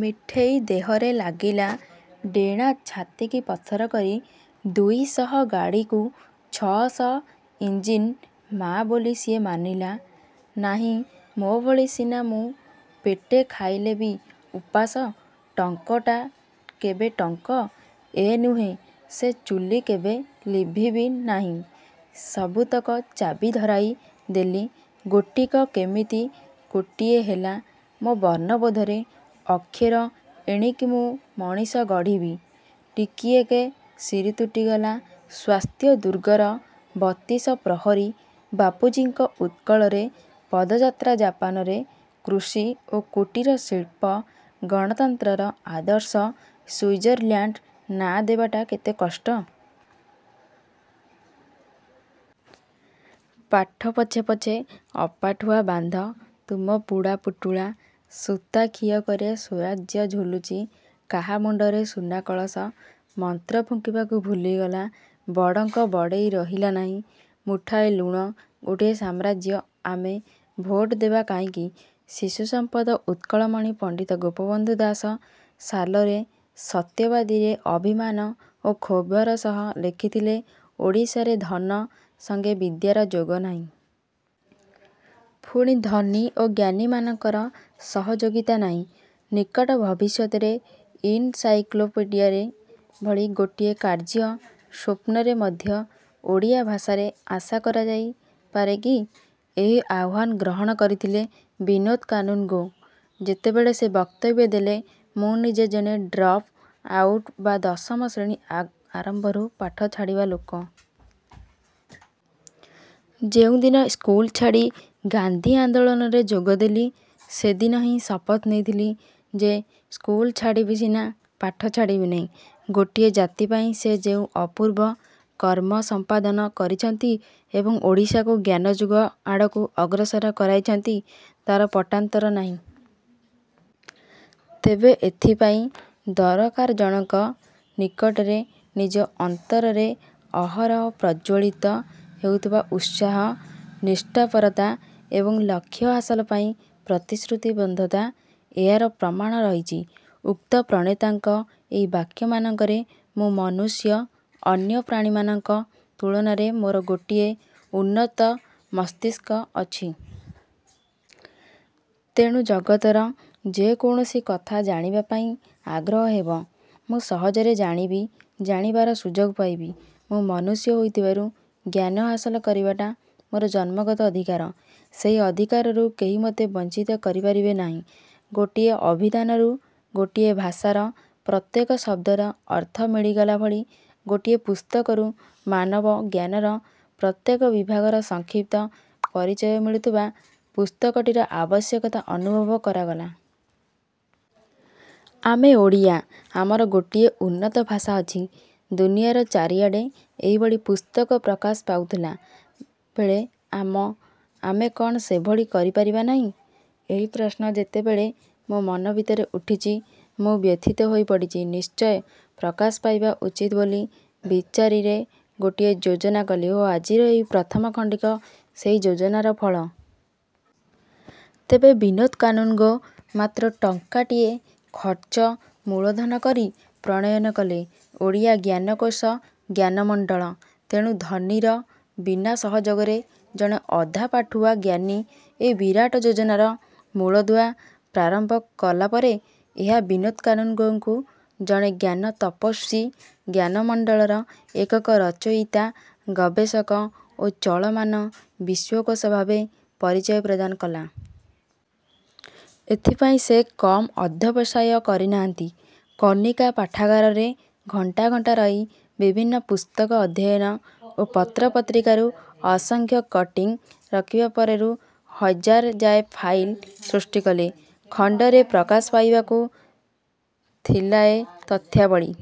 ମିଠେଇ ଦେହରେ ଲାଗିଲା ଡେଣା ଛାତିକି ପଥର କରି ଦୁଇଶହ ଗାଡ଼ିକୁ ଛ'ଶହ ଇଞ୍ଜି ନ ମା' ବୋଲ ସିଏ ମାନିଲା ନାହିଁ ମୋ ଭଳି ସିନା ମୁଁ ପେଟେ ଖାଇଲେ ବି ଉପାସ ଟଙ୍କ। ଟା କେବେ ଟଙ୍କ। ଏ ନୁହେଁ ସେ ଚୁଲି କେବେ ଲିଭିବି ନାହିଁ ସବୁତକ ଚାବି ଧରାଇ ଦେଲି ଗୋଟିକ କେମିତି କୋଟିଏ ହେଲା ମୋ ବର୍ଣ୍ଣବୋଧରେ ଅକ୍ଷର ଏଣିକି ମୁଁ ମଣିଷ ଗଢ଼ିବି ଟିକିଏକେ ଶିରୀ ତୁଟିଗଲା ସ୍ୱାସ୍ଥ୍ୟ ଦୁର୍ଗର ବତିଶ ପ୍ରହରୀ ବାପୁଜୀଙ୍କ ଉତ୍କଳରେ ପଦଯାତ୍ରା ଜାପାନରେ କୃଷି ଓ କୁଟୀର ଶିଳ୍ପ ଗଣତନ୍ତ୍ରର ଆଦର୍ଶ ସୁଇଜରଲ୍ୟାଣ୍ଡ ନାଁ ଦେବାଟା କେତେ କଷ୍ଟ! ପାଠ ପଛେ ପଛେ ଅପାଠୁଆ ବାନ୍ଧ ତୁମ ପୁଡ଼ା ପୁଟୁଳା ସୂତା ଖିଅକରେ ସ୍ୱରାଜ୍ୟ ଝୁଲୁଛି କାହା ମୁଣ୍ଡରେ ସୁନା କଳସ ମନ୍ତ୍ର ଫୁଙ୍କି ବାକୁ ଭୁଲିଗଲା ବଡ଼ଙ୍କ ବଡେ଼ଇ ରହିଲା ନାହିଁ ମୁଠାଏ ଲୁଣ ଗୋଟିଏ ସାମ୍ରାଜ୍ୟ ଆମେ ଭୋଟ ଦେବା କାହିଁକି ଶିଶୁ ସମ୍ପଦ ଉତ୍କଳମଣି ପଣ୍ଡିତ ଗୋପବନ୍ଧୁ ଦାସ ସାଲରେ " ସତ୍ୟବାଦୀ "ରେ ଅଭିମାନ ଓ କ୍ଷୋଭର ସହ ଲେଖିଥିଲେ, ଓଡ଼ିଶାରେ ଧନ ସଙ୍ଗେ ବିଦ୍ୟାର ଯୋଗ ନାହିଁ। ପୁଣି ଧନୀ ଓ ଜ୍ଞାନୀମାନଙ୍କର ସହଯୋଗିତା ନାହିଁ ନିକଟ ଭବିଷ୍ୟତରେ ଇନସାଇକ୍ଲୋପିଡ଼ିଆ ଭଳିଆ ଗୋଟିଏ କାର୍ଯ୍ୟ ସ୍ୱପ୍ନରେ ମଧ୍ୟ ଓଡ଼ିଆ ଭାଷାରେ ଆଶା କରାଯାଇପାରେ କି? ଏହି ଆହ୍ୱାନ ଗ୍ରହଣ କରିଥିଲେ ବିନୋଦ କାନୁନଗୋ, ଯେତେବେଳେ ସେ ବକ୍ତବ୍ୟ ଦେଲେ, ମୁଁ ନିଜେ ଜଣେ ଡ୍ରପ ଆଉଟ ବା ଦଶମ ଶ୍ରେଣୀ ଆରମ୍ଭରୁ ପାଠ ଛାଡ଼ିବା ଲୋକ। ଯେଉଁଦିନ ସ୍କୁଲ ଛାଡ଼ି ଗାନ୍ଧୀ ଆନ୍ଦୋଳନରେ ଯୋଗ ଦେଲି ସେଦିନ ହିଁ ଶପଥ ନେଇଥିଲି ଯେ, ସ୍କୁଲ ଛାଡ଼ିବି ସିନା, ପାଠ ଛାଡ଼ିବି ନାହିଁ। ଗୋଟିଏ ଜାତି ପାଇଁ ସେ ଯେଉଁ ଅପୂର୍ବ କର୍ମ ସଂପାଦନ କରିଛନ୍ତି ଏବଂ ଓଡ଼ିଶାକୁ ଜ୍ଞାନ-ଯୁଗ ଆଡ଼କୁ ଅଗ୍ରସର କରାଇଛନ୍ତି, ତାର ପଟାନ୍ତର ନାହିଁ। ତେବେ ଏଥିପାଇଁ ଦରକାର ଜଣକ ନିକଟରେ ନିଜ ଅନ୍ତରରେ ଅହରହ ପ୍ରଜ୍ୱଳିତ ହେଉଥିବା ଉତ୍ସାହ, ନିଷ୍ଠାପରତା ଏବଂ ଲକ୍ଷ୍ୟ ହାସଲ ପାଇଁ ପ୍ରତିଶ୍ରୁତି ବଦ୍ଧତା। ଏହାର ପ୍ରମାଣ ରହିଛି ଉକ୍ତ ପ୍ରଣେତାଙ୍କ ଏଇ ବାକ୍ୟମାନଙ୍କରେ, ମୁଁ ମନୁଷ୍ୟ। ଅନ୍ୟ ପ୍ରାଣୀମାନଙ୍କ ତୁଳନାରେ ମୋର ଗୋଟିଏ ଉନ୍ନତ ମସ୍ତିଷ୍କ ଅଛି। ତେଣୁ ଜଗତର ଯେ କୌଣସି କଥା ଜାଣିବା ପାଇଁ ଆଗ୍ରହ ହେବ। ମୁଁ ସହଜରେ ଜାଣିବି-ଜାଣିବାର ସୁଯୋଗ ପାଇବି। ମୁଁ ମନୁଷ୍ୟ ହୋଇଥିବାରୁ ଜ୍ଞାନ ହାସଲ କରିବାଟା ମୋର ଜନ୍ମଗତ ଅଧିକାର। ସେହି ଅଧିକାରରୁ କେହି ମୋତେ ବଞ୍ଚିତ କରିପାରିବେ ନାହିଁ। ଗୋଟିଏ ଅଭିଧାନରୁ ଗୋଟିଏ ଭାଷାର ପ୍ରତ୍ୟେକ ଶବ୍ଦର ଅର୍ଥ ମିଳିଗଲା ଭଳି ଗୋଟିଏ ପୁସ୍ତକରୁ ମାନବ ଜ୍ଞାନର ପ୍ରତ୍ୟେକ ବିଭାଗର ସଂକ୍ଷିପ୍ତ ପରିଚୟ ମିଳୁଥିବା ପୁସ୍ତକଟିର ଆବଶ୍ୟକତା ଅନୁଭବ କରାଗଲା ଆମେ ଓଡ଼ିଆ। ଆମର ଗୋଟିଏ ଉନ୍ନତ ଭାଷା ଅଛି। ଦୁନିଆର ଚାରିଆଡେ଼ ଏହି ଭଳି ପୁସ୍ତକ ପ୍ରକାଶ ପାଉଥିଲା ବେଳେ ଆମେ କଣ ସେଭଳି କରି ପାରିବା ନାହିଁ? ଏହି ପ୍ରଶ୍ନ ଯେତେବେଳେ ମୋ ମନ ଭିତରେ ଉଠିଛି, ମୁଁ ବ୍ୟଥିତ ହୋଇ ପଡ଼ିଛି ନିଶ୍ଚୟ ପ୍ରକାଶ ପାଇବା ଉଚିତ ବୋଲି ବିଚାରି ରେ ଗୋଟିଏ ଯୋଜନା କଲି ଓ ଆଜିର ଏହି ପ୍ରଥମ ଖଣ୍ଡିକ ସେଇ ଯୋଜନାର ଫ ଳ।। ତେବେ ବିନୋଦ କାନୁନଗୋ ମାତ୍ର ଟଙ୍କ। ଟିଏ ଖର୍ଚ୍ଚ ମୂଳଧନ କରି ପ୍ରଣୟନ କଲେ ଓଡ଼ିଆ ଜ୍ଞାନକୋଷ ଜ୍ଞାନମଣ୍ଡଳ। ତେଣୁ ଧନୀର ବିନା ସହଯୋଗରେ ଜଣେ ଅଧାପାଠୁଆ ଜ୍ଞାନୀ ଏଇ ବିରାଟ ଯୋଜନାର ମୂଳଦୁଆ ପ୍ରାରମ୍ଭ କଲାପରେ ଏହା ବିନୋଦ କାନୁନଗୋଙ୍କୁ ଜଣେ ଜ୍ଞାନ-ତପସ୍ୱୀ, ଜ୍ଞାନ ମଣ୍ଡଳର ଏକକ ରଚୟିତା, ଗବେଷକ ଓ ଚଳମାନ ବିଶ୍ୱକୋଷ ଭାବେ ପରିଚୟ ପ୍ରଦାନ କଲା। ଏଥିପାଇଁ ସେ କମ ଅଧ୍ୟବସାୟ କରିନାହାନ୍ତି। କନିକା ପାଠାଗାରରେ ଘଣ୍ଟା ଘଣ୍ଟା ରହି ବିଭିନ୍ନ ପୁସ୍ତକ ଅଧ୍ୟୟନ ଓ ପତ୍ର ପତ୍ରିକାରୁ ଅସଂଖ୍ୟ କଟିଂ ରଖିବା ପରେ ରୁ ହଜାର ଯାଏ ଫ। ଇଲ ସୃଷ୍ଟି କଲେ। ଖଣ୍ଡରେ ପ୍ରକାଶ ପାଇବାକୁ ଥି ଲା ଏଇ ତଥ୍ୟାବଳୀ।